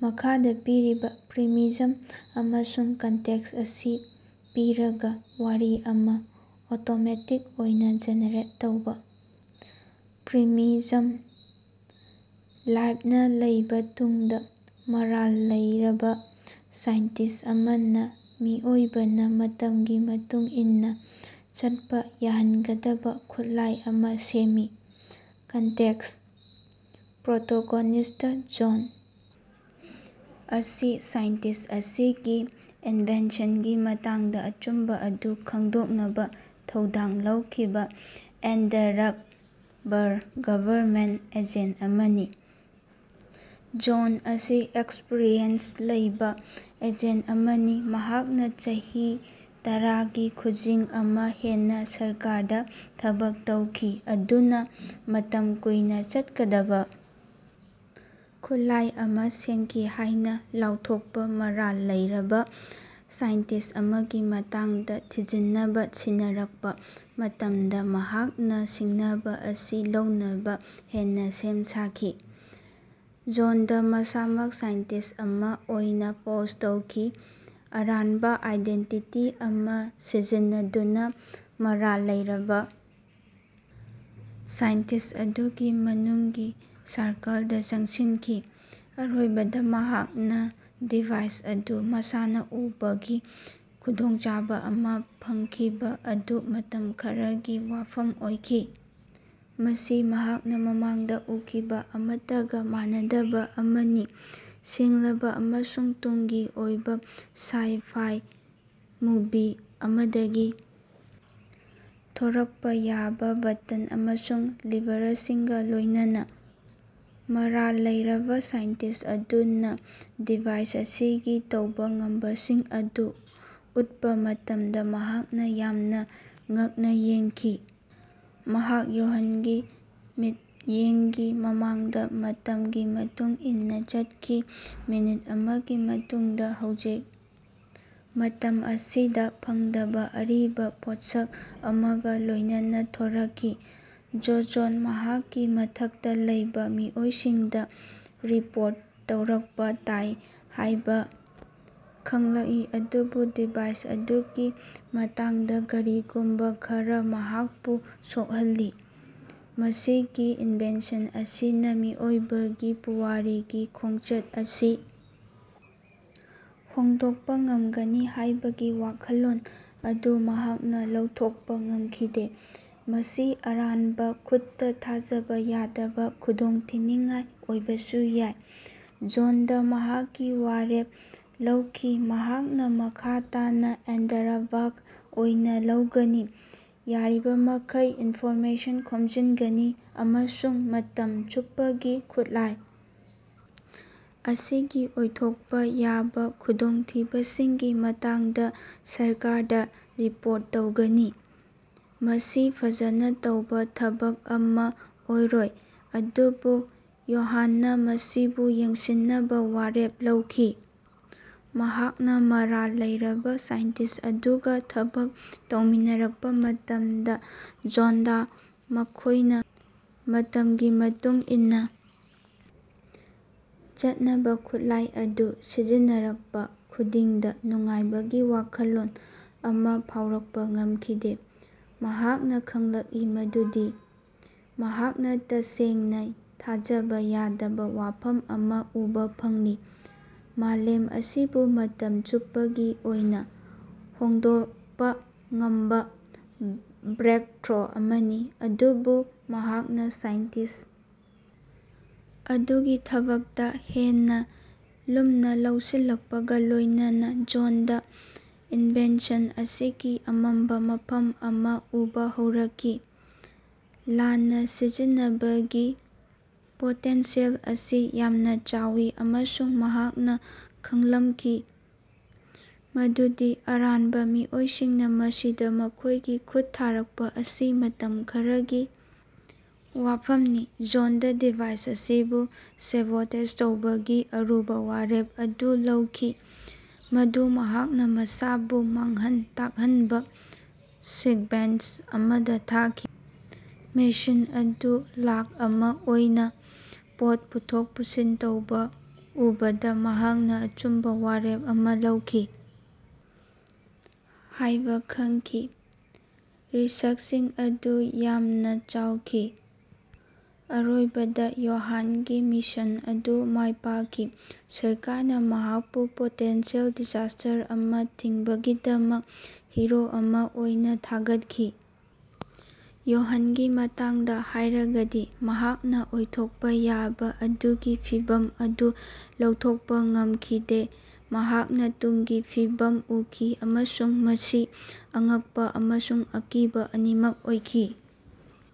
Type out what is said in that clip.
ꯃꯈꯥꯗ ꯄꯤꯔꯤꯕ ꯄ꯭ꯔꯤꯃꯤꯖꯝ ꯑꯃꯁꯨꯡ ꯀꯟꯇꯦꯛꯁ ꯑꯁꯤ ꯄꯤꯔꯒ ꯋꯥꯔꯤ ꯑꯃ ꯑꯣꯇꯣꯃꯦꯇꯤꯛ ꯑꯣꯏꯅ ꯖꯦꯅꯦꯔꯦꯠ ꯇꯧꯕ꯫ ꯄ꯭ꯔꯤꯃꯤꯖꯝ: ꯂꯥꯞꯅ ꯂꯩꯕ ꯇꯨꯡꯗ, ꯃꯔꯥꯜ ꯂꯩꯔꯕ ꯁꯥꯏꯟꯇꯤꯁꯠ ꯑꯃꯅ ꯃꯤꯑꯣꯏꯕꯅ ꯃꯇꯝꯒꯤ ꯃꯇꯨꯡ ꯏꯟꯅ ꯆꯠꯄ ꯌꯥꯍꯟꯒꯗꯕ ꯈꯨꯠꯂꯥꯏ ꯑꯃ ꯁꯦꯝꯃꯤ꯫ ꯀꯟꯇꯦꯛꯁ: ꯄ꯭ꯔꯣꯇꯣꯒꯣꯅꯤꯁꯇ ꯖꯣꯟ ꯑꯁꯤ ꯁꯥꯏꯟꯇꯤꯁꯠ ꯑꯁꯤꯒꯤ ꯏꯟꯚꯦꯟꯁꯟꯒꯤ ꯃꯇꯥꯡꯗ ꯑꯆꯨꯝꯕ ꯑꯗꯨ ꯈꯪꯗꯣꯛꯅꯕ ꯊꯧꯗꯥꯡ ꯂꯧꯈꯤꯕ ꯑꯟꯗꯔꯛꯚꯥꯔ ꯒꯕꯔꯅꯃꯦꯟꯇ ꯑꯦꯖꯦꯟꯇ ꯑꯃꯅꯤ꯫ ꯖꯣꯟ ꯑꯁꯤ ꯑꯦꯛꯁꯄꯔꯤꯌꯦꯟꯁ ꯂꯩꯕ ꯑꯦꯖꯦꯟꯇ ꯑꯃꯅꯤ, ꯃꯍꯥꯛꯅ ꯆꯍꯤ ꯇꯔꯒꯤ ꯈꯨꯖꯤꯡ ꯑꯃ ꯍꯦꯟꯅ ꯁꯔꯀꯥꯔꯗ ꯊꯕꯛ ꯇꯧꯈꯤ꯫ ꯑꯗꯨꯅ ꯃꯇꯝ ꯀꯨꯏꯅ ꯆꯠꯀꯗꯕ ꯈꯨꯠꯂꯥꯏ ꯑꯃ ꯁꯦꯝꯈꯤ ꯍꯥꯏꯅ ꯂꯥꯎꯊꯣꯛꯄ ꯃꯔꯥꯜ ꯂꯩꯔꯕ ꯁꯥꯏꯟꯇꯤꯁꯠ ꯑꯃꯒꯤ ꯃꯇꯥꯡꯗ ꯊꯤꯖꯤꯟꯅꯕ ꯁꯤꯟꯅꯔꯛꯄ ꯃꯇꯝꯗ ꯃꯍꯥꯛꯅ ꯁꯤꯡꯅꯕ ꯑꯁꯤ ꯂꯧꯅꯕ ꯍꯦꯟꯅ ꯁꯦꯝ ꯁꯥꯈꯤ꯫ ꯖꯣꯟꯗ ꯃꯁꯥꯃꯛ ꯁꯥꯏꯟꯇꯤꯁꯠ ꯑꯃ ꯑꯣꯏꯅ ꯄꯣꯖ ꯇꯧꯈꯤ, ꯑꯔꯥꯟꯕ ꯑꯥꯏꯗꯦꯟꯇꯤꯇꯤ ꯑꯃ ꯁꯤꯖꯤꯟꯅꯗꯨꯅ ꯃꯔꯥꯜ ꯂꯩꯔꯕ ꯁꯥꯏꯟꯇꯤꯁꯠ ꯑꯗꯨꯒꯤ ꯃꯅꯨꯡꯒꯤ ꯁꯔꯀꯜꯗ ꯆꯪꯁꯤꯟꯈꯤ꯫ ꯑꯔꯣꯏꯕꯗ ꯃꯍꯥꯛꯅ ꯗꯤꯚꯥꯏꯁ ꯑꯗꯨ ꯃꯁꯥꯅ ꯎꯕꯒꯤ ꯈꯨꯗꯣꯡꯆꯥꯕ ꯑꯃ ꯐꯪꯈꯤꯕ ꯑꯗꯨ ꯃꯇꯝ ꯈꯔꯒꯤ ꯋꯥꯐꯝ ꯑꯣꯏꯈꯤ꯫ ꯃꯁꯤ ꯃꯍꯥꯛꯅ ꯃꯃꯥꯡꯗ ꯎꯈꯤꯕ ꯑꯃꯠꯇꯒ ꯃꯥꯟꯅꯗꯕ ꯑꯃꯅꯤ- ꯁꯦꯡꯂꯕ ꯑꯃꯁꯨꯡ ꯇꯨꯡꯒꯤ ꯑꯣꯏꯕ, ꯁꯥꯏ-ꯐꯥꯏ ꯃꯨꯚꯤ ꯑꯃꯗꯒꯤ ꯊꯣꯔꯛꯄ ꯌꯥꯕ ꯕꯇꯟ ꯑꯃꯁꯨꯡ ꯂꯤꯚꯔꯁꯤꯡꯒ ꯂꯣꯏꯅꯅꯥ꯫ ꯃꯔꯥꯜ ꯂꯩꯔꯕꯥ ꯁꯥꯏꯟꯇꯤꯁ ꯑꯗꯨꯅ ꯗꯤꯚꯥꯏꯁ ꯑꯁꯤꯒꯤ ꯇꯧꯕ ꯉꯝꯕꯁꯤꯡ ꯑꯗꯨ ꯎꯠꯄ ꯃꯇꯝꯗ ꯃꯍꯥꯛꯅ ꯌꯥꯝꯅ ꯉꯛꯅ ꯌꯦꯡꯈꯤ꯫ ꯃꯍꯥꯛ ꯌꯣꯍꯥꯟꯒꯤ ꯃꯤꯠꯌꯦꯡꯒꯤ ꯃꯃꯥꯡꯗ ꯃꯇꯝꯒꯤ ꯃꯇꯨꯡ ꯏꯟꯅ ꯆꯠꯈꯤ, ꯃꯤꯅꯤꯠ ꯑꯃꯒꯤ ꯃꯇꯨꯡꯗ ꯍꯧꯖꯤꯛ ꯃꯇꯝ ꯑꯁꯤꯗ ꯐꯪꯗꯕ ꯑꯔꯤꯕ ꯄꯣꯠꯁꯛ ꯑꯃꯒ ꯂꯣꯏꯅꯅ ꯊꯣꯔꯛꯈꯤ꯫ ꯖꯣꯖꯣꯅ ꯃꯍꯥꯛꯀꯤ ꯃꯊꯛꯇ ꯂꯩꯕ ꯃꯤꯑꯣꯏꯁꯤꯡꯗ ꯔꯤꯄꯣꯔꯠ ꯇꯧꯔꯛꯄ ꯇꯥꯏ ꯍꯥꯏꯕ ꯈꯪꯂꯝꯏ ꯑꯗꯨꯕꯨ ꯗꯤꯚꯥꯏꯁ ꯑꯗꯨꯒꯤ ꯃꯇꯥꯡꯗ ꯀꯔꯤꯒꯨꯝꯕ ꯈꯔꯥ ꯃꯍꯥꯛꯄꯨ ꯁꯣꯛꯍꯜꯂꯤ꯫ ꯃꯁꯤꯒꯤ ꯏꯟꯚꯦꯟꯁꯟ ꯑꯁꯤꯅ ꯃꯤꯑꯣꯏꯕꯒꯤ ꯄꯨꯋꯥꯔꯤꯒꯤ ꯈꯣꯡꯆꯠ ꯑꯁꯤ ꯍꯣꯡꯗꯣꯛꯄ ꯉꯝꯒꯅꯤ ꯍꯥꯏꯕꯒꯤ ꯋꯥꯈꯜꯂꯣꯟ ꯑꯗꯨ ꯃꯍꯥꯛꯅ ꯂꯧꯊꯣꯛꯄ ꯉꯝꯈꯤꯗꯦ꯫ ꯃꯁꯤ ꯑꯔꯥꯟꯕ ꯈꯨꯠꯇ ꯊꯥꯖꯕ ꯌꯥꯗꯕ ꯈꯨꯗꯣꯡꯊꯤꯅꯤꯡꯉꯥꯏ ꯑꯣꯏꯕꯁꯨ ꯌꯥꯏ꯫ ꯖꯣꯟꯗ ꯃꯍꯥꯛꯀꯤ ꯋꯥꯔꯦꯞ ꯂꯧꯈꯤ- ꯃꯍꯥꯛꯅ ꯃꯈꯥ ꯇꯥꯅ ꯑꯟꯗꯔꯀꯚꯥꯔ ꯑꯣꯏꯅ ꯂꯩꯒꯅꯤ, ꯌꯥꯔꯤꯕꯃꯈꯩ ꯏꯟꯐꯣꯔꯃꯦꯁꯟ ꯈꯣꯝꯖꯤꯟꯒꯅꯤ, ꯑꯃꯁꯨꯡ ꯃꯇꯝ ꯆꯠꯄꯒꯤ ꯈꯨꯠꯂꯥꯏ ꯑꯁꯤꯒꯤ ꯑꯣꯏꯊꯣꯛꯄ ꯌꯥꯕ ꯈꯨꯗꯣꯡꯊꯤꯕꯁꯤꯡꯒꯤ ꯃꯇꯥꯡꯗ ꯁꯔꯀꯥꯔꯗ ꯔꯤꯄꯣꯔꯠ ꯇꯧꯒꯅꯤ꯫ ꯃꯁꯤ ꯐꯖꯅ ꯇꯧꯕ ꯊꯕꯛ ꯑꯃ ꯑꯣꯏꯔꯣꯏ, ꯑꯗꯨꯕꯨ ꯌꯣꯍꯥꯟꯅ ꯃꯁꯤꯕꯨ ꯌꯦꯡꯁꯤꯟꯅꯕ ꯋꯥꯔꯦꯞ ꯂꯧꯈꯤ꯫ ꯃꯍꯥꯛꯅ ꯃꯔꯥꯜ ꯂꯩꯔꯕ ꯁꯥꯏꯟꯇꯤꯁꯠ ꯑꯗꯨꯒ ꯊꯕꯛ ꯇꯧꯃꯤꯟꯅꯔꯛꯄ ꯃꯇꯝꯗ, ꯖꯣꯟꯗ ꯃꯈꯣꯏꯅ ꯃꯇꯝꯒꯤ ꯃꯇꯨꯡ ꯏꯟꯅ ꯆꯠꯅꯕ ꯈꯨꯠꯂꯥꯏ ꯑꯗꯨ ꯁꯤꯖꯤꯟꯅꯔꯛꯄ ꯈꯨꯗꯤꯡꯗ ꯅꯨꯡꯉꯥꯏꯕꯒꯤ ꯋꯥꯈꯜꯂꯣꯟ ꯑꯃ ꯐꯥꯎꯔꯛꯄꯥ ꯉꯝꯈꯤꯗꯦ꯫ ꯃꯍꯥꯛꯅ ꯈꯪꯂꯃꯏ ꯃꯗꯨꯗꯤ ꯃꯍꯥꯛꯅ ꯇꯁꯦꯡꯅ ꯊꯥꯖꯕ ꯌꯥꯗꯕ ꯋꯥꯐꯝ ꯑꯃ ꯎꯕ ꯐꯪꯂꯤ- ꯃꯥꯂꯦꯝ ꯑꯁꯤꯕꯨ ꯃꯇꯝ ꯆꯨꯞꯄꯒꯤ ꯑꯣꯏꯅ ꯍꯣꯡꯗꯣꯛꯄ ꯉꯝꯕ ꯕ꯭ꯔꯦꯛꯊ꯭ꯔꯣ ꯑꯃꯅꯤ꯫ ꯑꯗꯨꯕꯨ ꯃꯍꯥꯛꯅ ꯁꯥꯏꯟꯇꯤꯁꯠ ꯑꯗꯨꯒꯤ ꯊꯕꯛꯇ ꯍꯦꯟꯅ ꯂꯨꯝꯅ ꯂꯧꯁꯤꯜꯂꯛꯄꯒ ꯂꯣꯏꯅꯅꯥ ꯖꯣꯟꯗ ꯏꯟꯚꯦꯟꯁꯟ ꯑꯁꯤꯒꯤ ꯑꯃꯝꯕ ꯃꯐꯝ ꯑꯃ ꯎꯕ ꯍꯧꯔꯛꯈꯤ꯫ ꯂꯥꯟꯅ ꯁꯤꯖꯤꯟꯅꯕꯒꯤ ꯄꯣꯇꯦꯟꯁꯤꯌꯦꯜ ꯑꯁꯤ ꯌꯥꯝꯅ ꯆꯥꯎꯏ, ꯑꯃꯁꯨꯡ ꯃꯍꯥꯛꯅ ꯈꯪꯂꯝꯈꯤ ꯃꯗꯨꯗꯤ ꯑꯔꯥꯟꯕ ꯃꯤꯑꯣꯏꯁꯤꯡꯅ ꯃꯁꯤꯗ ꯃꯈꯣꯏꯒꯤ ꯈꯨꯠ ꯊꯥꯔꯛꯄ ꯑꯁꯤ ꯃꯇꯝ ꯈꯔꯒꯤ ꯋꯥꯐꯝꯅꯤ꯫ ꯖꯣꯟꯗ ꯗꯤꯚꯥꯏꯁ ꯑꯁꯤꯕꯨ ꯁꯦꯕꯣꯇꯦꯖ ꯇꯧꯕꯒꯤ ꯑꯔꯨꯕ ꯋꯥꯔꯦꯞ ꯑꯗꯨ ꯂꯧꯈꯤ, ꯃꯗꯨ ꯃꯁꯥꯅ ꯃꯁꯥꯕꯨ ꯃꯥꯡꯍꯟ ꯇꯥꯛꯍꯟꯕ ꯁꯤꯛꯕꯦꯟꯁ ꯑꯃꯗ ꯊꯥꯈꯤ꯫ ꯃꯦꯁꯤꯟ ꯑꯗꯨ ꯂꯥꯈ ꯑꯃ ꯑꯣꯏꯅ ꯄꯣꯠ ꯄꯨꯊꯣꯛ ꯄꯨꯁꯤꯟ ꯇꯧꯕ ꯎꯕꯗ ꯃꯍꯥꯛꯅ ꯑꯆꯨꯝꯕ ꯋꯥꯔꯦꯞ ꯑꯃ ꯂꯧꯈꯤ ꯍꯥꯏꯕ ꯈꯪꯈꯤ꯫ ꯔꯤꯁꯛꯁꯤꯡ ꯑꯗꯨ ꯌꯥꯝꯅ ꯆꯥꯎꯈꯤ꯫ ꯑꯔꯣꯏꯕꯗ ꯌꯣꯍꯥꯟꯒꯤ ꯃꯤꯁꯟ ꯑꯗꯨ ꯃꯥꯏꯄꯥꯛꯈꯤ꯫ ꯁꯔꯀꯥꯔꯅ ꯃꯍꯥꯛꯄꯨ ꯄꯣꯇꯦꯟꯁꯤꯌꯦꯜ ꯗꯤꯖꯥꯁꯇꯔ ꯑꯃ ꯊꯤꯡꯕꯒꯤꯗꯃꯛ ꯍꯤꯔꯣ ꯑꯃ ꯑꯣꯏꯅ ꯊꯥꯒꯠꯈꯤ꯫ ꯌꯣꯍꯥꯟꯒꯤ ꯃꯇꯥꯡꯗ ꯍꯥꯏꯔꯒꯗꯤ, ꯃꯍꯥꯛꯅ ꯑꯣꯏꯊꯣꯛꯄ ꯌꯥꯕ ꯑꯗꯨꯒꯤ ꯐꯤꯚꯝ ꯑꯗꯨ ꯂꯧꯊꯣꯛꯄ ꯉꯝꯈꯤꯗꯦ꯫ ꯃꯍꯥꯛꯅ ꯇꯨꯡꯒꯤ ꯐꯤꯕꯝ ꯎꯈꯤ- ꯑꯃꯁꯨꯡ ꯃꯁꯤ ꯑꯉꯛꯄꯥ ꯑꯃꯁꯨꯡ ꯑꯀꯤꯕ ꯑꯅꯤꯃꯛ ꯑꯣꯏꯈꯤ꯫।